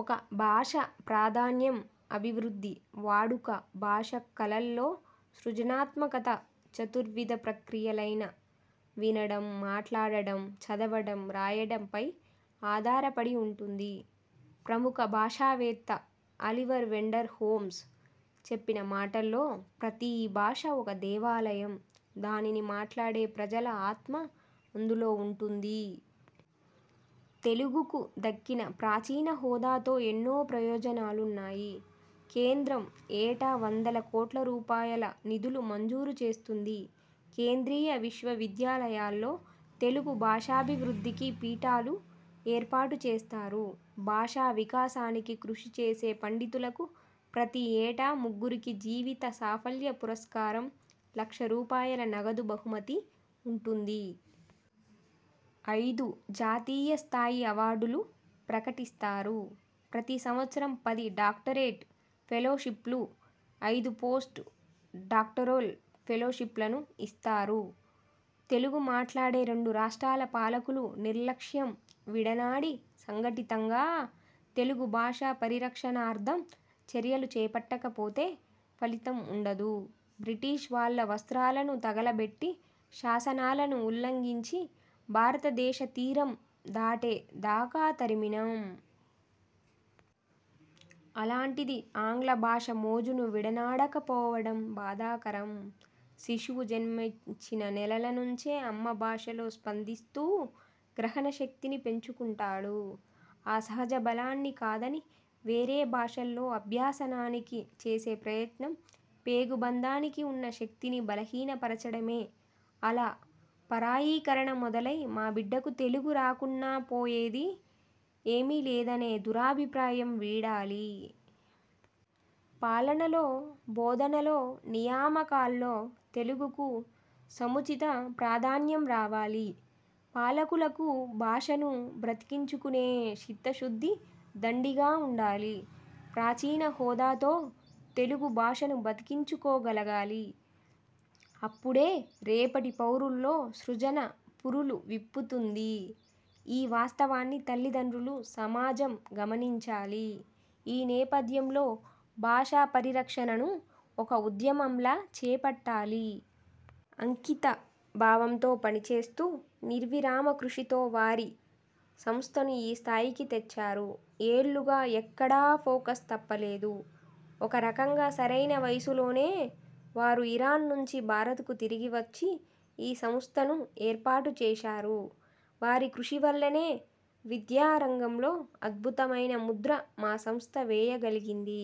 ఒక భాష ప్రాధాన్యం, అభివృద్ధి, వాడుక, భాష కళల్లో సృజనాత్మకత చతుర్విద ప్రక్రియలైన వినడం, మాట్లాడడం, చదవడం, రాయడంపై ఆధారపడి ఉంటుంది. ప్రముఖ భాషావేత్త 'అలివర్ వెండర్ హోమ్స్' చెప్పిన మాటల్లో ప్రతీ భాష ఒక దేవాలయం, దానిని మాట్లాడే ప్రజల ఆత్మ అందులో ఉంటుంది. తెలుగుకు దక్కిన ప్రాచీన హోదాతో ఎన్నో ప్రయోజనాలున్నాయి. కేంద్రం ఏటా వందల కోట్ల రూపాయల నిధులు మంజూరు చేస్తుంది. కేంద్రీయ విశ్వవిద్యాలయాల్లో తెలుగు భాషాభివృద్ధికి పీఠాలు ఏర్పాటు చేస్తారు. భాషా వికాసానికి కృషి చేసే పండితులకు ప్రతి ఏటా ముగ్గురికి జీవిత సాఫల్య పురస్కారం, లక్ష రూపాయల నగదు బహుమతి ఉంటుంది. ఐదు జాతీయ స్థాయి అవార్డులు ప్రకటిస్తారు. ప్రతి సంవత్సరం పది డాక్టరేట్ ఫెలోషిప్లు, ఐదు పోస్ట్ డాక్టోరల్ ఫెలోషిప్లను ఇస్తారు. తెలుగు మాట్లాడే రెండు రాష్ర్టాల పాలకులు నిర్లక్ష్యం విడనాడి సంఘటితంగా తెలుగు భాష పరిరక్షణార్థం చర్యలు చేపట్టకపోతే ఫలితం ఉండదు. బ్రిటిష్ వాళ్ళ వస్ర్తాలను తగలబెట్టి, శాసనాలను ఉల్లంఘించి, భారతదేశ తీరం దాటే దాకా తరిమినాం. అలాంటిది ఆంగ్ల భాష మోజును విడనాడకపోవడం బాధాకరం. శిశువు జన్మించిన నెలల నుంచే అమ్మభాషలో స్పందిస్తూ గ్రహణశక్తిని పెంచుకుంటాడు. ఆ సహజ బలాన్ని కాదని వేరే భాషల్లో అభ్యసనానికి చేసే ప్రయత్నం పేగుబంధానికి ఉన్న శక్తిని బలహీనపరచడమే అలా పరాయీకరణ మొదలై మా బిడ్డకు తెలుగు రాకున్నా పోయేది ఏమీలేదనే దురభిప్రాయం వీడాలి. పాలనలో, బోధనలో, నియామకాల్లో తెలుగుకు సముచిత ప్రాధాన్యం రావాలి. పాలకులకు భాషను బతికించుకునే చిత్తశుద్ధి దండిగా ఉండాలి. ప్రాచీన హోదాతో తెలుగు భాషను బతికించుకోగలగాలి. అప్పుడే రేపటి పౌరుల్లో సృజన పురులు విప్పుతుంది. ఈ వాస్తవాన్ని తల్లిదండ్రులు, సమాజం గమనించాలి. ఈ నేపథ్యంలో భాషా పరిరక్షణను ఒక ఉద్యమంలా చేపట్టాలి. అంకితభావంతో పనిచేస్తూ, నిర్విరామకృషితో వారీ సంస్థను ఈ స్థాయికి తెచ్చారు. ఏళ్లుగా ఎక్కడా ఫోకస్ తప్పలేదు. ఒకరకంగా సరైన వయసులోనే వారు ఇరాన్ నుంచి భారత్ కు తిరిగి వచ్చి ఈ సంస్థను ఏర్పాటు చేశారు. వారి కృషివల్లనే విద్యా రంగంలో అద్భుతమైన ముద్ర మా సంస్థ వేయగలిగింది.